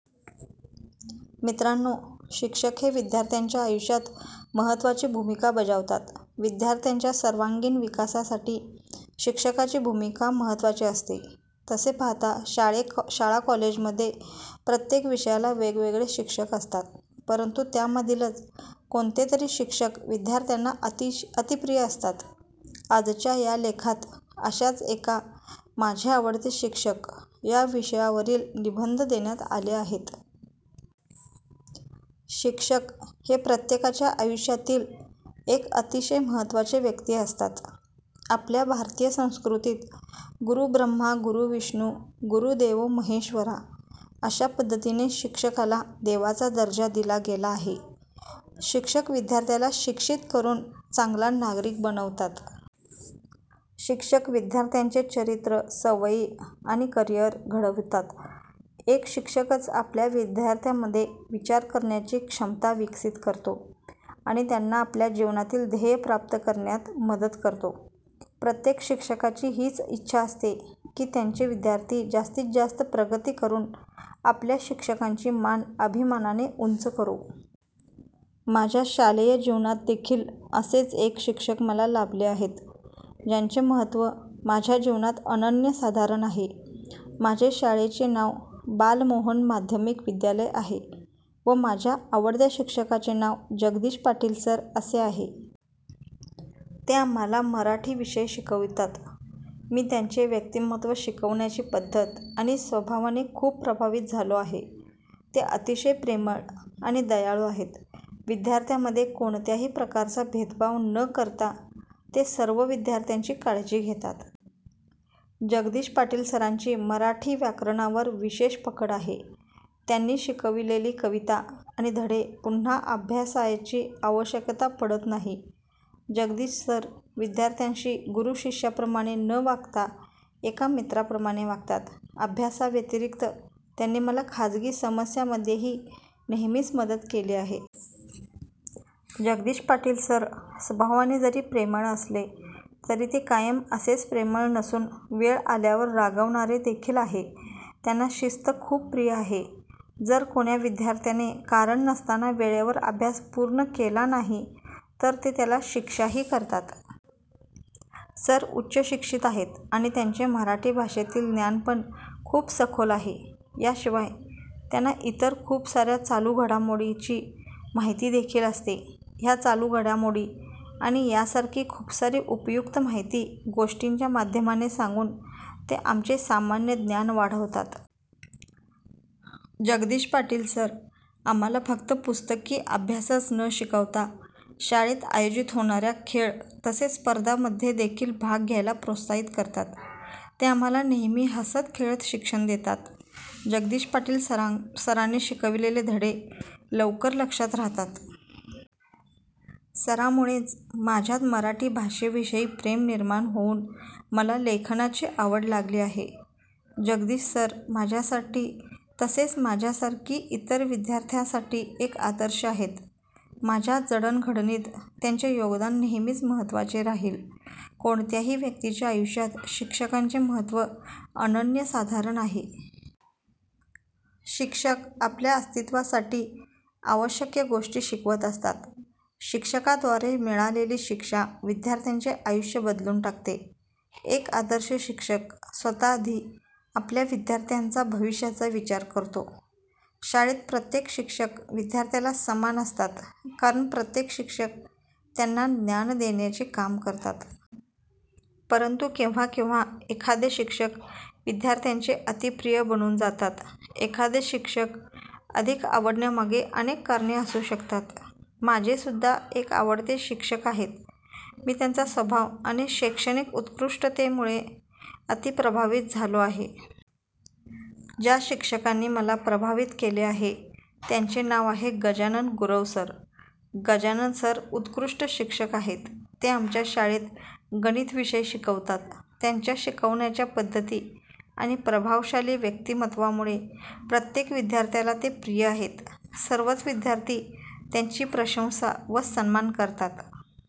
मित्रानो शिक्षक हे विद्यार्थ्यांच्या आयुष्यात महत्वाची भूमिका बजावतात. विद्यार्थ्यांच्या सर्वांगीण विकासासाठी शिक्षकाची भूमिका महत्वाची असते. तसे पाहता शाळा कॉलेजमध्ये प्रत्येक विषयाला वेगवेगळे शिक्षक असतात. परंतु त्यामधीलच कोणतेतरी शिक्षक विद्यार्थ्याना अतिप्रिय असतात. आजच्या या लेखात आशाच एका माझे आवडते शिक्षक या विषयावरील निबंध देण्यात आले आहेत. शिक्षक हे प्रत्येकाच्या आयुष्यातील एक अतिशय महत्त्वाचे व्यक्ती असतात. आपल्या भारतीय संस्कृतीत "गुरु ब्रह्मा गुरु विष्णु गुरु देवो महेश्वरा" अशा पद्धतीने शिक्षकाला देवाचा दर्जा दिला गेला आहे. शिक्षक विद्यार्थ्याला शिक्षित करून चांगला नागरिक बनवतात. शिक्षक विद्यार्थ्याचे चरित्र, सवयी आणि करिअर घडवितात. एक शिक्षकच आपल्या विद्यार्थ्यामध्ये विचार करण्याची क्षमता विकसित करतो. आणि त्यांना आपल्या जीवनातील ध्येय प्राप्त करण्यात मदत करतो. प्रत्येक शिक्षकाची हीच इच्छा असते की त्यांचे विद्यार्थी जास्तीत जास्त प्रगती करून आपल्या शिक्षकांची मान अभिमानाने उंच करो. माझ्या शालेय जीवनात देखील असेच एक शिक्षक मला लाभले आहेत, ज्यांचे महत्त्व माझ्या जीवनात अनन्यसाधारण आहे. माझे शाळेचे नाव बालमोहन माध्यमिक विद्यालय आहे व माझ्या आवडत्या शिक्षकांचे नाव जगदीश पाटील सर असे आहे. ते आम्हाला मराठी विषय शिकवतात. मी त्यांचे व्यक्तिमत्व, शिकवण्याची पद्धत आणि स्वभावाने खूप प्रभावित झालो आहे. ते अतिशय प्रेमळ आणि दयाळू आहेत. विद्यार्थ्यांमध्ये कोणत्याही प्रकारचा भेदभाव न करता ते सर्व विद्यार्थ्याची काळजी घेतात. जगदीश पाटील सरांची मराठी व्याकरणावर विशेष पकड आहे. त्यांनी शिकवलेली कविता आणि धडे पुन्हा अभ्यासायची आवश्यकता पडत नाही. जगदीश सर विद्यार्थ्यांशी गुरु शिष्याप्रमाणे न वागता एका मित्राप्रमाणे वागतात. अभ्यासाव्यतीरिक्त त्यांनी मला खाजगी समस्यामध्येही नेहमीच मदत केली आहे. जगदीश पाटील सर स्वभावाने जरी प्रेमळ असले. तरी ते कायम असेच प्रेमळ नसून वेळ आल्यावर रागावणारे देखील आहे. त्यांना शिस्त खूप प्रिय आहे. जर कोण्या विद्यार्थ्याने कारण नसतांना वेळेवर अभ्यास पूर्ण केला नाही तर ते त्याला शिक्षाही करतात. सर उच्च शिक्षित आहेत आणि त्यांचे मराठी भाषेतील ज्ञान पण खूप सखोल आहे. या शिवाय त्यांना इतर खूप साऱ्या चालू घडामोडीची माहिती देखील असते. ह्या चालू घडामोडी आणि यासारखी खूपसारी उपयुक्त माहिती गोष्टींच्या माध्यमाने सांगून ते आमचे सामान्य ज्ञान वाढवतात. जगदीश पाटील सर आम्हाला फक्त पुस्तकी अभ्यासच न शिकवता शाळेत आयोजित होणाऱ्या खेळ तसेच स्पर्धा मध्ये देखील भाग घ्यायला प्रोत्साहित करतात. ते आम्हाला नेहमी हसत खेळत शिक्षण देतात. जगदीश पाटील सरांनी शिकवलेले धडे लवकर लक्षात रहातात. सरांमुळेच माझ्यात मराठी भाषेविषयी प्रेम निर्माण होऊन मला लेखनाची आवड लागली आहे. जगदीश सर माझ्यासाठी तसेच माझ्यासारखी इतर विद्यार्थ्यांसाठी एक आदर्श आहेत. माझ्या जडणघडणीत त्यांचे योगदान नेहमीच महत्वाचे राहील. कोणत्याही व्यक्तीच्या आयुष्यात शिक्षकांचे महत्व अनन्यसाधारण आहे. शिक्षक आपल्या अस्तित्वासाठी आवश्यक गोष्टी शिकवत असतात. शिक्षकाद्वारे मिळालेली शिक्षा विद्यार्थ्याचे आयुष्य बदलून टाकते. एक आदर्श शिक्षक स्वतः आधी आपल्या विद्यार्थ्याचा भविष्याचा विचार करतो. शाळेत प्रत्येक शिक्षक विद्यार्थ्याला समान असतात कारण प्रत्येक शिक्षक त्यांना ज्ञान देण्याचे काम करतात. परंतु केव्हा केव्हा एखादे शिक्षक विद्यार्थ्याचे अती प्रिय बनून जातात. एखादे शिक्षक अधिक आवडण्यामागे अनेक कारणे असू शकतात. माझे सुद्धा एक आवडते शिक्षक आहेत, मी त्यांचा स्वभाव आणि शैक्षणिक उत्कृष्टेमुळे अती प्रभावित झालो आहे. ज्या शिक्षकांनी मला प्रभावित केले आहे त्यांचे नाव आहे गजानन गुरव सर. गजानन सर उत्कृष्ट शिक्षक आहेत. ते आमच्या शाळेत गणित विषय शिकवतात. त्यांच्या शिकवण्याच्या पद्धती आणि प्रभावशाली व्यक्तिमत्वामुळे प्रत्येक विद्यार्थ्याला ते प्रिय आहेत. सर्वच विद्यार्थी त्यांची प्रशंसा व सन्मान करतात.